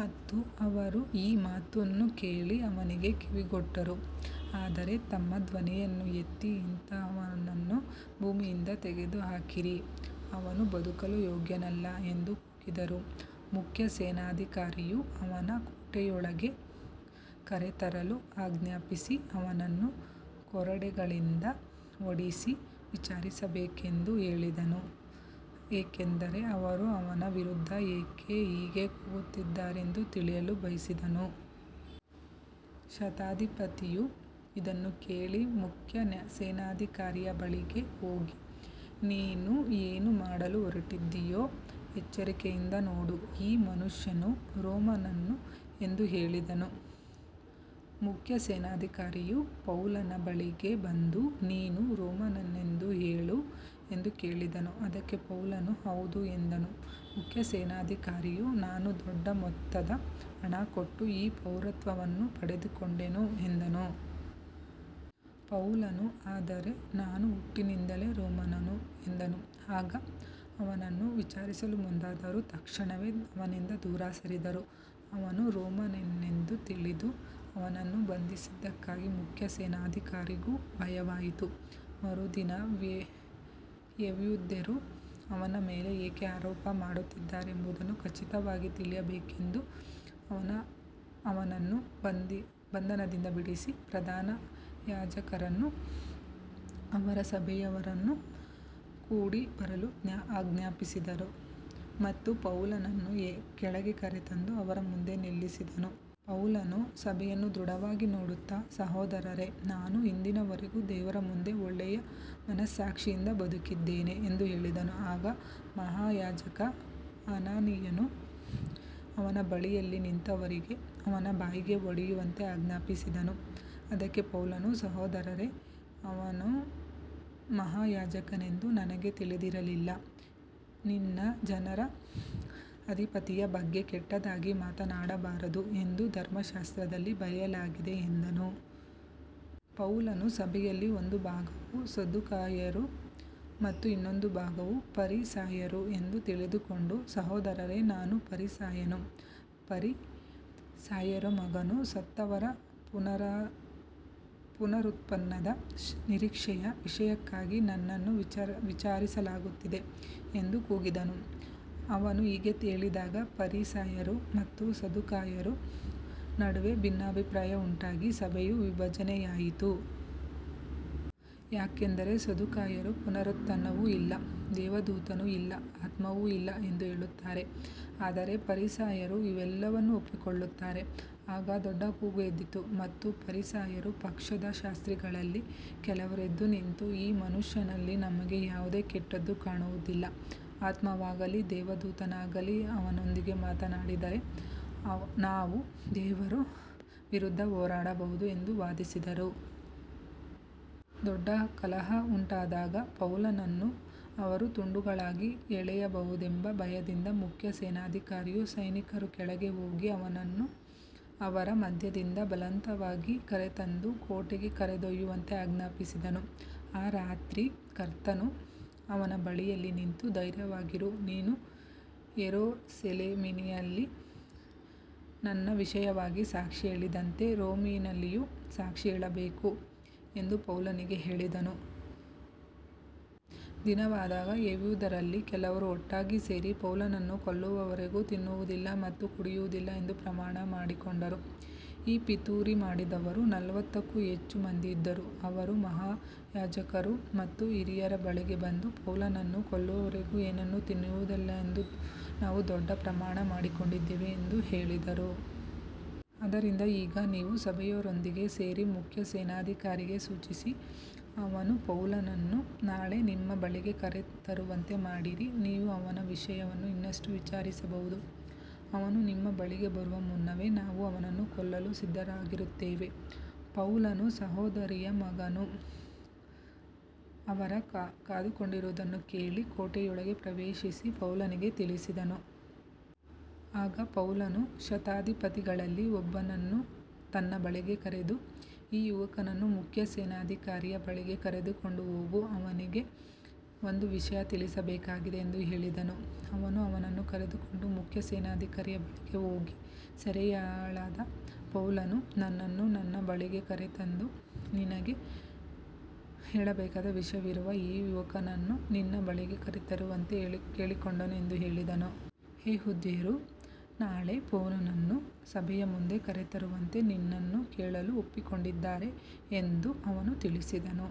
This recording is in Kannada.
ಮತ್ತು ಅವರು ಈ ಮಾತನ್ನು ಕೇಳಿ ಅವನಿಗೆ ಕಿವಿಗೊಟ್ಟರು, ಆದರೆ ತಮ್ಮ ಧ್ವನಿಯನ್ನು ಎತ್ತಿ ಇಂಥವನನ್ನು ಭೂಮಿಯಿಂದ ತೆಗೆದುಹಾಕಿರಿ, ಅವನು ಬದುಕಲು ಯೋಗ್ಯನಲ್ಲ ಎಂದು ಕೂಗಿದರು. ಮುಖ್ಯ ಸೇನಾಧಿಕಾರಿಯು ಅವನನ್ನು ಕೋಟೆಯೊಳಗೆ ಕರೆತರಲು ಆಜ್ಞಾಪಿಸಿ, ಅವನನ್ನು ಕೊರಡೆಗಳಿಂದ ಹೊಡೆಯಿಸಿ ವಿಚಾರಿಸಬೇಕೆಂದು ಹೇಳಿದನು, ಏಕೆಂದರೆ ಅವರು ಅವನ ವಿರುದ್ಧ ಏಕೆ ಹೀಗೆ ಕೂಗುತ್ತಿದ್ದಾರೆಂದು ತಿಳಿಯಲು ಬಯಸಿದನು. ಶತಾಧಿಪತಿಯು ಇದನ್ನು ಕೇಳಿ ಮುಖ್ಯ ಸೇನಾಧಿಕಾರಿಯ ಬಳಿಗೆ ಹೋಗಿ, ನೀನು ಏನು ಮಾಡಲು ಹೊರಟಿದ್ದೀಯೋ ಎಚ್ಚರಿಕೆಯಿಂದ ನೋಡು, ಈ ಮನುಷ್ಯನು ರೋಮನ್ನನು ಎಂದು ಹೇಳಿದನು. ಮುಖ್ಯ ಸೇನಾಧಿಕಾರಿಯು ಪೌಲನ ಬಳಿಗೆ ಬಂದು, ನೀನು ರೋಮನ್ನನೆಂದು ಹೇಳು ಎಂದು ಕೇಳಿದನು. ಅದಕ್ಕೆ ಪೌಲನು, ಹೌದು ಎಂದನು. ಮುಖ್ಯ ಸೇನಾಧಿಕಾರಿಯು, ನಾನು ದೊಡ್ಡ ಮೊತ್ತದ ಹಣ ಕೊಟ್ಟು ಈ ಪೌರತ್ವವನ್ನು ಪಡೆದುಕೊಂಡೆನು ಎಂದನು. ಪೌಲನು, ಆದರೆ ನಾನು ಹುಟ್ಟಿನಿಂದಲೇ ರೋಮನ್ನನು ಎಂದನು. ಆಗ ಅವನನ್ನು ವಿಚಾರಿಸಲು ಮುಂದಾದವರು ತಕ್ಷಣವೇ ಅವನಿಂದ ದೂರ ಸರಿದರು. ಅವನು ರೋಮನ್ನನೆಂದು ತಿಳಿದು ಅವನನ್ನು ಬಂಧಿಸಿದ್ದಕ್ಕಾಗಿ ಮುಖ್ಯ ಸೇನಾಧಿಕಾರಿಗೂ ಭಯವಾಯಿತು. ಮರುದಿನ ಯೆಹೂದ್ಯರು ಅವನ ಮೇಲೆ ಏಕೆ ಆರೋಪ ಮಾಡುತ್ತಿದ್ದಾರೆಂಬುದನ್ನು ಖಚಿತವಾಗಿ ತಿಳಿಯಬೇಕೆಂದು ಅವನು ಅವನನ್ನು ಬಂಧನದಿಂದ ಬಿಡಿಸಿ, ಪ್ರಧಾನ ಯಾಜಕರನ್ನೂ ಅವರ ಸಭೆಯವರನ್ನೂ ಕೂಡಿಬರಲು ಆಜ್ಞಾಪಿಸಿದನು ಮತ್ತು ಪೌಲನನ್ನು ಕೆಳಗೆ ಕರೆತಂದು ಅವರ ಮುಂದೆ ನಿಲ್ಲಿಸಿದನು. ಪೌಲನು ಸಭೆಯನ್ನು ದೃಢವಾಗಿ ನೋಡುತ್ತಾ, ಸಹೋದರರೇ, ನಾನು ಇಂದಿನವರೆಗೂ ದೇವರ ಮುಂದೆ ಒಳ್ಳೆಯ ಮನಸ್ಸಾಕ್ಷಿಯಿಂದ ಬದುಕಿದ್ದೇನೆ ಎಂದು ಹೇಳಿದನು. ಆಗ ಮಹಾಯಾಜಕ ಅನನೀಯನು ಅವನ ಬಳಿಯಲ್ಲಿ ನಿಂತವರಿಗೆ ಅವನ ಬಾಯಿಗೆ ಹೊಡೆಯುವಂತೆ ಆಜ್ಞಾಪಿಸಿದನು. ಅದಕ್ಕೆ ಪೌಲನು, ಸಹೋದರರೇ, ಅವನು ಮಹಾಯಾಜಕನೆಂದು ನನಗೆ ತಿಳಿದಿರಲಿಲ್ಲ, ನಿನ್ನ ಜನರ ಅಧಿಪತಿಯ ಬಗ್ಗೆ ಕೆಟ್ಟದಾಗಿ ಮಾತನಾಡಬಾರದು ಎಂದು ಧರ್ಮಶಾಸ್ತ್ರದಲ್ಲಿ ಬರೆಯಲಾಗಿದೆ ಎಂದನು. ಪೌಲನು ಸಭೆಯಲ್ಲಿ ಒಂದು ಭಾಗವು ಸದ್ದುಕಾಯರು ಮತ್ತು ಇನ್ನೊಂದು ಭಾಗವು ಫರಿಸಾಯರು ಎಂದು ತಿಳಿದುಕೊಂಡು, ಸಹೋದರರೇ, ನಾನು ಫರಿಸಾಯನು, ಫರಿಸಾಯರ ಮಗನು, ಸತ್ತವರ ಪುನರಾ ಪುನರುತ್ಥಾನದ ನಿರೀಕ್ಷೆಯ ವಿಷಯಕ್ಕಾಗಿ ನನ್ನನ್ನು ವಿಚಾರಿಸಲಾಗುತ್ತಿದೆ ಎಂದು ಕೂಗಿದನು. ಅವನು ಹೀಗೆ ಹೇಳಿದಾಗ ಫರಿಸಾಯರು ಮತ್ತು ಸದ್ದುಕಾಯರ ನಡುವೆ ಭಿನ್ನಾಭಿಪ್ರಾಯ ಉಂಟಾಗಿ ಸಭೆಯು ವಿಭಜನೆಯಾಯಿತು. ಯಾಕಂದರೆ ಸದ್ದುಕಾಯರು ಪುನರುತ್ಥಾನವೂ ಇಲ್ಲ, ದೇವದೂತನೂ ಇಲ್ಲ, ಆತ್ಮವೂ ಇಲ್ಲ ಎಂದು ಹೇಳುತ್ತಾರೆ, ಆದರೆ ಫರಿಸಾಯರು ಇವೆಲ್ಲವನ್ನೂ ಒಪ್ಪಿಕೊಳ್ಳುತ್ತಾರೆ. ಆಗ ದೊಡ್ಡ ಕೂಗು ಎದ್ದಿತು ಮತ್ತು ಫರಿಸಾಯರ ಪಕ್ಷದ ಶಾಸ್ತ್ರಿಗಳಲ್ಲಿ ಕೆಲವರು ಎದ್ದು ನಿಂತು, ಈ ಮನುಷ್ಯನಲ್ಲಿ ನಮಗೆ ಯಾವುದೇ ಕೆಟ್ಟದ್ದೂ ಕಾಣುವುದಿಲ್ಲ, ಆತ್ಮವಾಗಲಿ ದೇವದೂತನಾಗಲಿ ಅವನೊಂದಿಗೆ ಮಾತನಾಡಿದ್ದರೆ ನಾವು ದೇವರ ವಿರುದ್ಧ ಹೋರಾಡಬಹುದು ಎಂದು ವಾದಿಸಿದರು. ದೊಡ್ಡ ಕಲಹ ಉಂಟಾದಾಗ ಪೌಲನನ್ನು ಅವರು ತುಂಡುಗಳಾಗಿ ಎಳೆಯಬಹುದೆಂಬ ಭಯದಿಂದ ಮುಖ್ಯ ಸೇನಾಧಿಕಾರಿಯು ಸೈನಿಕರು ಕೆಳಗೆ ಹೋಗಿ ಅವನನ್ನು ಅವರ ಮಧ್ಯದಿಂದ ಬಲವಂತವಾಗಿ ಕರೆತಂದು ಕೋಟೆಗೆ ಕರೆದೊಯ್ಯುವಂತೆ ಆಜ್ಞಾಪಿಸಿದನು. ಆ ರಾತ್ರಿ ಕರ್ತನು ಅವನ ಬಳಿಯಲ್ಲಿ ನಿಂತು, ಧೈರ್ಯವಾಗಿರು, ನೀನು ಯೆರೂಸಲೇಮಿನಲ್ಲಿ ನನ್ನ ವಿಷಯವಾಗಿ ಸಾಕ್ಷಿ ಹೇಳಿದಂತೆ ರೋಮಿನಲ್ಲಿಯೂ ಸಾಕ್ಷಿ ಹೇಳಬೇಕು ಎಂದು ಪೌಲನಿಗೆ ಹೇಳಿದನು. ದಿನವಾದಾಗ ಯೆಹೂದ್ಯರಲ್ಲಿ ಕೆಲವರು ಒಟ್ಟಾಗಿ ಸೇರಿ, ಪೌಲನನ್ನು ಕೊಲ್ಲುವವರೆಗೂ ತಿನ್ನುವುದಿಲ್ಲ ಮತ್ತು ಕುಡಿಯುವುದಿಲ್ಲ ಎಂದು ಪ್ರಮಾಣ ಮಾಡಿಕೊಂಡರು. ಈ ಪಿತೂರಿ ಮಾಡಿದವರು ನಲವತ್ತಕ್ಕೂ ಹೆಚ್ಚು ಮಂದಿ ಇದ್ದರು. ಅವರು ಮಹಾಯಾಜಕರ ಮತ್ತು ಹಿರಿಯರ ಬಳಿಗೆ ಬಂದು, ಪೌಲನನ್ನು ಕೊಲ್ಲುವವರೆಗೂ ಏನನ್ನೂ ತಿನ್ನುವುದಿಲ್ಲವೆಂದು ನಾವು ದೊಡ್ಡ ಪ್ರಮಾಣ ಮಾಡಿಕೊಂಡಿದ್ದೇವೆ ಎಂದು ಹೇಳಿದರು. ಆದ್ದರಿಂದ ಈಗ ನೀವು ಸಭೆಯವರೊಂದಿಗೆ ಸೇರಿ ಮುಖ್ಯ ಸೇನಾಧಿಕಾರಿಗೆ ಸೂಚಿಸಿ, ಅವನು ಪೌಲನನ್ನು ನಾಳೆ ನಿಮ್ಮ ಬಳಿಗೆ ಕರೆತರುವಂತೆ ಮಾಡಿರಿ, ನೀವು ಅವನ ವಿಷಯವನ್ನು ಇನ್ನಷ್ಟು ವಿಚಾರಿಸಬಹುದು. ಅವನು ನಿಮ್ಮ ಬಳಿಗೆ ಬರುವ ಮುನ್ನವೇ ನಾವು ಅವನನ್ನು ಕೊಲ್ಲಲು ಸಿದ್ಧರಾಗಿರುತ್ತೇವೆ. ಪೌಲನ ಸಹೋದರಿಯ ಮಗನು ಅವರು ಕಾದುಕೊಂಡಿರುವುದನ್ನು ಕೇಳಿ ಕೋಟೆಯೊಳಗೆ ಪ್ರವೇಶಿಸಿ ಪೌಲನಿಗೆ ತಿಳಿಸಿದನು. ಆಗ ಪೌಲನು ಶತಾಧಿಪತಿಗಳಲ್ಲಿ ಒಬ್ಬನನ್ನು ತನ್ನ ಬಳಿಗೆ ಕರೆದು, ಈ ಯುವಕನನ್ನು ಮುಖ್ಯ ಸೇನಾಧಿಕಾರಿಯ ಬಳಿಗೆ ಕರೆದುಕೊಂಡು ಹೋಗು, ಅವನಿಗೆ ಒಂದು ವಿಷಯ ತಿಳಿಸಬೇಕಾಗಿದೆ ಎಂದು ಹೇಳಿದನು. ಅವನು ಅವನನ್ನು ಕರೆದುಕೊಂಡು ಮುಖ್ಯ ಸೇನಾಧಿಕಾರಿಯ ಬಳಿಗೆ ಹೋಗಿ, ಸೆರೆಯಾಳಾದ ಪೌಲನು ನನ್ನನ್ನು ತನ್ನ ಬಳಿಗೆ ಕರೆದು, ನಿನಗೆ ಹೇಳಬೇಕಾದ ವಿಷಯವಿರುವ ಈ ಯುವಕನನ್ನು ನಿನ್ನ ಬಳಿಗೆ ಕರೆತರುವಂತೆ ಕೇಳಿಕೊಂಡನು ಎಂದು ಹೇಳಿದನು. ಯೆಹೂದ್ಯರು ನಾಳೆ ಪೌಲನನ್ನು ಸಭೆಯ ಮುಂದೆ ಕರೆತರುವಂತೆ ನಿನ್ನನ್ನು ಕೇಳಲು ಒಪ್ಪಿಕೊಂಡಿದ್ದಾರೆ ಎಂದು ಅವನು ತಿಳಿಸಿದನು.